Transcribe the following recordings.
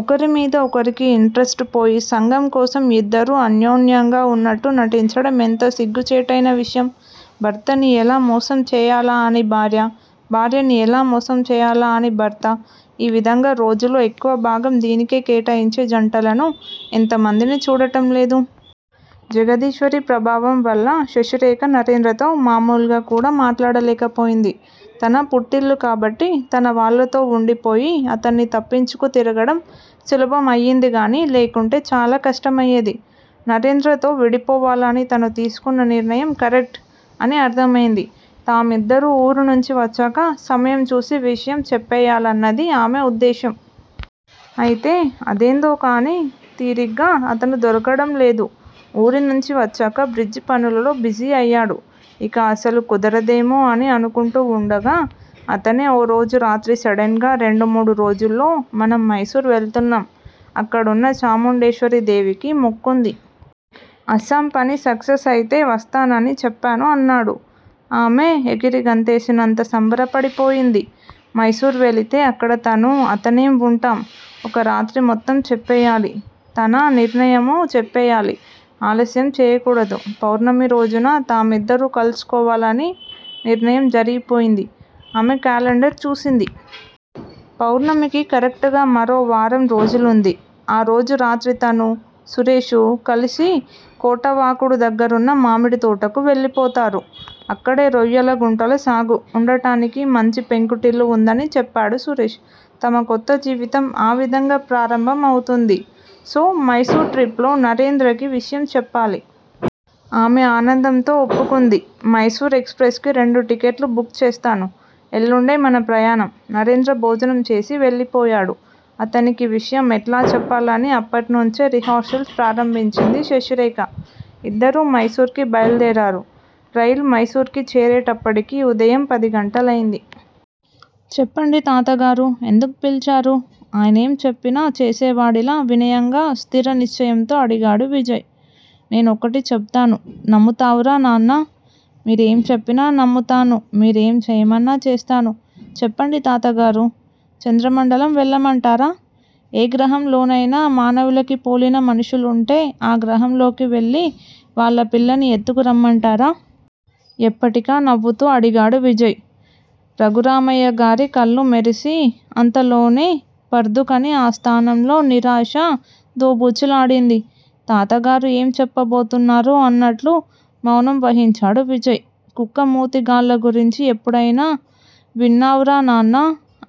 ఒకరి మీద ఒకరికి ఇంట్రెస్టుపోయి సంఘం కోసం యిద్దరూ అన్యోన్యంగా వున్నట్టూ నటించడం ఎంత సిగ్గుచేటయిన విషయం? భర్తని ఎలా మోసం చేయాలా అని భార్య. భార్యని ఎలా మోసం చేయాలా అని భర్త ఈ విధంగా రోజులో ఎక్కువ భాగం దీనికే కేటాయించే జంటలను ఎంత మందిని చూడటంలేదు? జగదీశ్వరి ప్రభావంవల్ల శశిరేఖ నరేంద్రతో మామూలుగా కూడా మాట్లాడలేకపోయింది. తన పుట్టిల్లు కాబట్టి తనవాళ్ళతో వుండిపోయి అతన్ని తప్పించుకు తిరగడం సులభం అయ్యింది గానీ లేకుంటే చాలా కష్టమయ్యేది. నరేంద్రతో విడిపోవాలని తాను తీసుకున్న నిర్ణయం కరెక్టు అని అర్దమైంది. తామిద్దరూ ఊరినుంచి వచ్చాక సమయం చూసి విషయం చెప్పేయ్యాలన్నది అమె ఉద్దేశ్యం. అయితే ఆదెందుకోగాని, తీరిగ్గా అతను దొరకడం లేదు. ఊరినుంచి వచ్చాక బ్రిడ్జి పనులలో బిజీ అయ్యాడు. ఇక అసలు కుదురదేమో అని అనుకుంటూ వుండగా అతనే ఓరోజు రాత్రి సడన్ గా రెండు మూడు రోజుల్లో మనం మైసూర్ వెళుతున్నాం. అక్కడున్న చాముండేశ్వరి దేవికి మొక్కుంది. అస్సాం పని సక్కెస్ అయితే వస్తానని చెప్పాను అన్నాడు. అమె ఎగిరిగంతేసినంత సంబరపడిపోయింది. మైసూర్ వెళితే అక్కడ తను, అతనే వుంటాం. ఓ రాత్రి మొత్తం చెప్పేయాలి. తన నిర్ణయము చెప్పేయాలి. అలస్యం చేయకూడదు. పౌర్ణమి రోజున తామిద్దరూ కలుసుకోవాలని నిర్ణయం జరిగిపోయింది. అమె క్యాలండర్ చూసింది. పౌర్ణమికి కరెక్టుగా మరో వారం రోజులుంది. ఆ రోజు రాత్రి తనూ, సురేషూ కలిసి కోటావాకాడు దగ్గరున్న మామిడితోటకు వెళ్ళిపోతారు. అక్కడే రొయ్యల గుంటల సాగు. వుండడానికి మంచి పెంకుటిల్లు వుందని చెప్పాడు సురేష్. తమ కొత్త జీవితం ఆ విధంగా ప్రారంభమవుతుంది. సో-మైసూర్ ట్రిప్ లో నరేంద్రకి విషయం చెప్పాలి. అమె ఆనందంతో ఒప్పుకుంది. మైసూర్ ఎక్స్ ప్రెస్ కి రెండు టికెట్లు బుక్ చేస్తాను. ఎల్లుండే మన ప్రయాణం. నరేంద్ర భోజనం చేసి వెళ్ళిపోయాడు. అతనికి విషయం ఎట్లా చెప్పాలని అప్పట్నుంచే రిహార్సల్స్ ప్రారంబించింది శశిరేఖ. ఇద్దరూ మైసూర్ కి బయలుదేరారు. రైలు మైసూరుకి చేరేటప్పటికి ఉదయం పదిగంటలయింది. చెప్పండి తాతగారూ ఎందుకు పిలిచారు.? ఆయనేం చెప్పినా చేసేవాడిలా వినయంగా స్థిర నిశ్చయంతో అడిగాడు విజయ్. నేనొకటి చెపుతాను నమ్ముతావురా నాన్నా! మీరేంచెప్పినా నమ్ముతాను మీరేం చేయమన్నా చేస్తాను. చెప్పండి తాతగారూ! చంద్రమండలం వెళ్ళమంటారా! ఏగ్రహం లోనయినా మానవులకి పోలిన మనుషులంటే ఆ గ్రహంలోకి వెళ్ళి వాళ్ళపిల్లని ఎత్తుకు రమ్మంటారా? ఎప్పటికా నవ్వుతూ అడిగాడు విజయ్. రఘురామయ్యగారి కళ్ళు మెరిసి అంతలోనే పర్దుకని ఆ స్థానంలో నిరాశ దోబూచులాడింది. తాతగారు ఎం చెప్పాబోతున్నారో అన్నట్లు మౌనం వహించాడు విజయ్. కుక్క మూతిగాళ్ళ గురించి ఎప్పుడైయిన విన్నావురానాన్నా!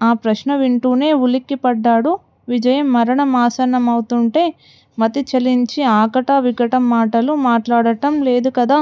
ఆ ప్రశ్న వింటూనే వులుక్కి పడ్డాడు విజయ్ మరణం ఆసన్న మౌతుంటే మతి చెలించి అకటా వికటం మాటలు మాట్లాడటం లేదుకదా!